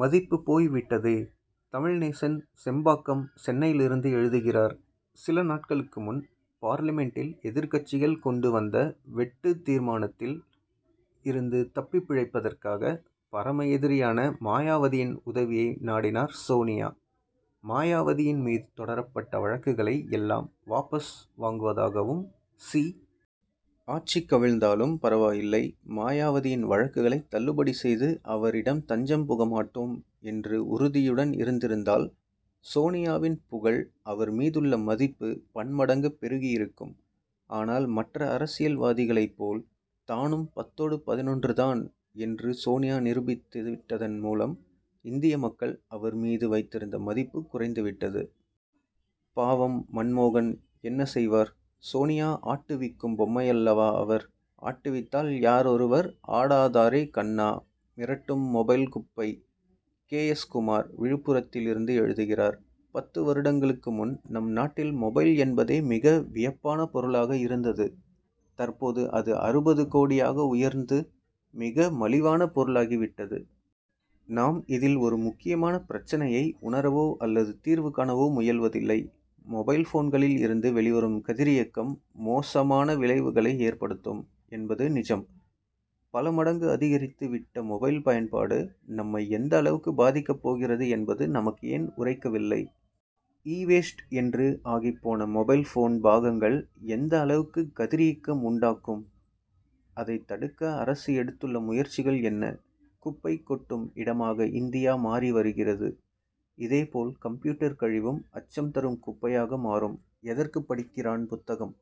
மதிப்பு போய் விட்டதே! தமிழ்நேசன், செம்பாக்கம், சென்னையிலிருந்து எழுதுகிறார் சில நாட்களுக்கு முன் பார்லிமென்டில், எதிர்க்கட்சிகள் கொண்டு வந்த வெட்டுத் தீர்மானத்தில் இருந்து தப்பிப் பிழைப்பதற்காக, பரம எதிரியான மாயாவதியின் உதவியை நாடினார் சோனியா. மாயாவதியின் மீது தொடரப்பட்ட வழக்குகளை எல்லாம் வாபஸ் வாங்குவதாகவும், சி. ஆட்சி கவிழ்ந்தாலும் பரவாயில்லை, மாயாவதியின் வழக்குகளை தள்ளுபடி செய்து அவரிடம் தஞ்சம் புக மாட்டோம்' என்று உறுதியுடன் இருந்திருந்தால், சோனியாவின் புகழ், அவர் மீதுள்ள மதிப்பு பன்மடங்கு பெருகி இருக்கும். ஆனால், மற்ற அரசியல்வாதிகளைப் போல் தானும், பத்தோடு பதினொன்றுதான் என்று சோனியா நிரூபித்து விட்டதன் மூலம், இந்திய மக்கள் அவர் மீது வைத்திருந்த மதிப்பு குறைந்து விட்டது. பாவம், மன்மோகன் என்ன செய்வார்? சோனியா ஆட்டு விக்கும் பொம்மையல்லவா அவர்! ஆட்டுவித்தால் யாரொருவர் ஆடாதாரே கண்ணா? மிரட்டும் மொபைல் குப்பை! கே. எஸ். குமார், விழுப்புரத்திலிருந்து எழுதுகிறார் பத்து வருடங்களுக்கு முன், நம் நாட்டில் மொபைல் என்பதே, மிக வியப்பான பொருளாக இருந்தது. தற்போது அது அறுபது கோடியாக உயர்ந்து, மிக மலிவான பொருளாகி விட்டது. நாம் இதில் ஒரு முக்கியமான பிரச்னையை உணரவோ அல்லது தீர்வு காணவோ முயல்வதில்லை. மொபைல்போன்களில் இருந்து வெளிவரும் கதிரியக்கம், மோசமான விளைவுகளை ஏற்படுத்தும் என்பது நிஜம். பல மடங்கு அதிகரித்து விட்ட மொபைல் பயன்பாடு, நம்மை எந்த அளவுக்கு பாதிக்கப் போகிறது என்பது, நமக்கு ஏன் உறைக்கவில்லை? இ வேஸ்ட்' என்று ஆகிப்போன மொபைல் போன் பாகங்கள், எந்த அளவுக்கு கதிரியக்கம் உண்டாக்கும்? அதைத் தடுக்க அரசு எடுத்துள்ள முயற்சிகள் என்ன? குப்பைக் கொட்டும் இடமாக இந்தியா மாறி வருகிறது. இதே போல் கம்ப்யூட்டர் கழிவும், அச்சம் தரும் குப்பையாக மாறும். எதற்கு படிக்கிறான் புத்தகம்!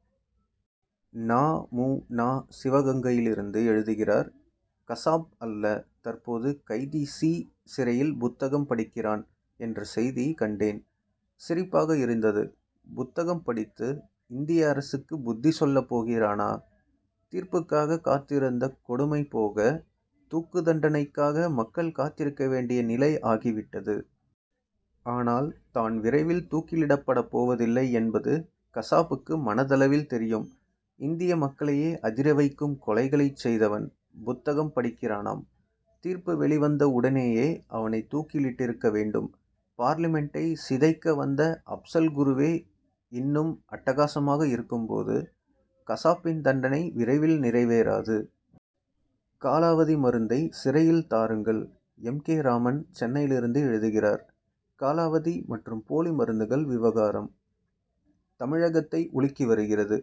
நா. மு. நா., சிவகங்கையிலிருந்து எழுதுகிறார் கசாப் அல்ல, தற்போது கைதி சி-, சிறையில் புத்தகம் படிக்கிறான்' என்ற செய்தி கண்டேன்; சிரிப்பாக இருந்தது. புத்தகம் படித்து, இந்திய அரசுக்கு புத்தி சொல்லப் போகிறானா? தீர்ப்புக்காக காத்திருந்த கொடுமை போக, தூக்கு தண்டனைக்காக, மக்கள் காத்திருக்க வேண்டிய நிலை ஆகிவிட்டது. ஆனால், தான் விரைவில் தூக்கிலிடப்பட போவதில்லை என்பது, கசாபுக்கு மனதளவில் தெரியும். இந்திய மக்களையே அதிர வைக்கும் கொலைகளைச் செய்தவன், புத்தகம் படிக்கிறானாம். தீர்ப்பு வெளிவந்த உடனேயே, அவனைத் தூக்கிலிட்டிருக்க வேண்டும். பார்லிமென்டை சிதைக்க வந்த அப்சல் குருவே இன்னும், அட்டகாசமாக இருக்கும் போது, கசாப்பின் தண்டனை விரைவில் நிறைவேறாது. காலாவதி மருந்தை சிறையில் தாருங்கள்! எம். கே. ராமன், சென்னையிலிருந்து எழுதுகிறார் காலாவதி மற்றும் போலி மருந்துகள் விவகாரம், தமிழகத்தை உலுக்கி வருகிறது.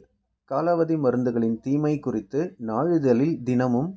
காலாவதி மருந்துகளின் தீமை குறித்து, நாளிதழில் தினமும்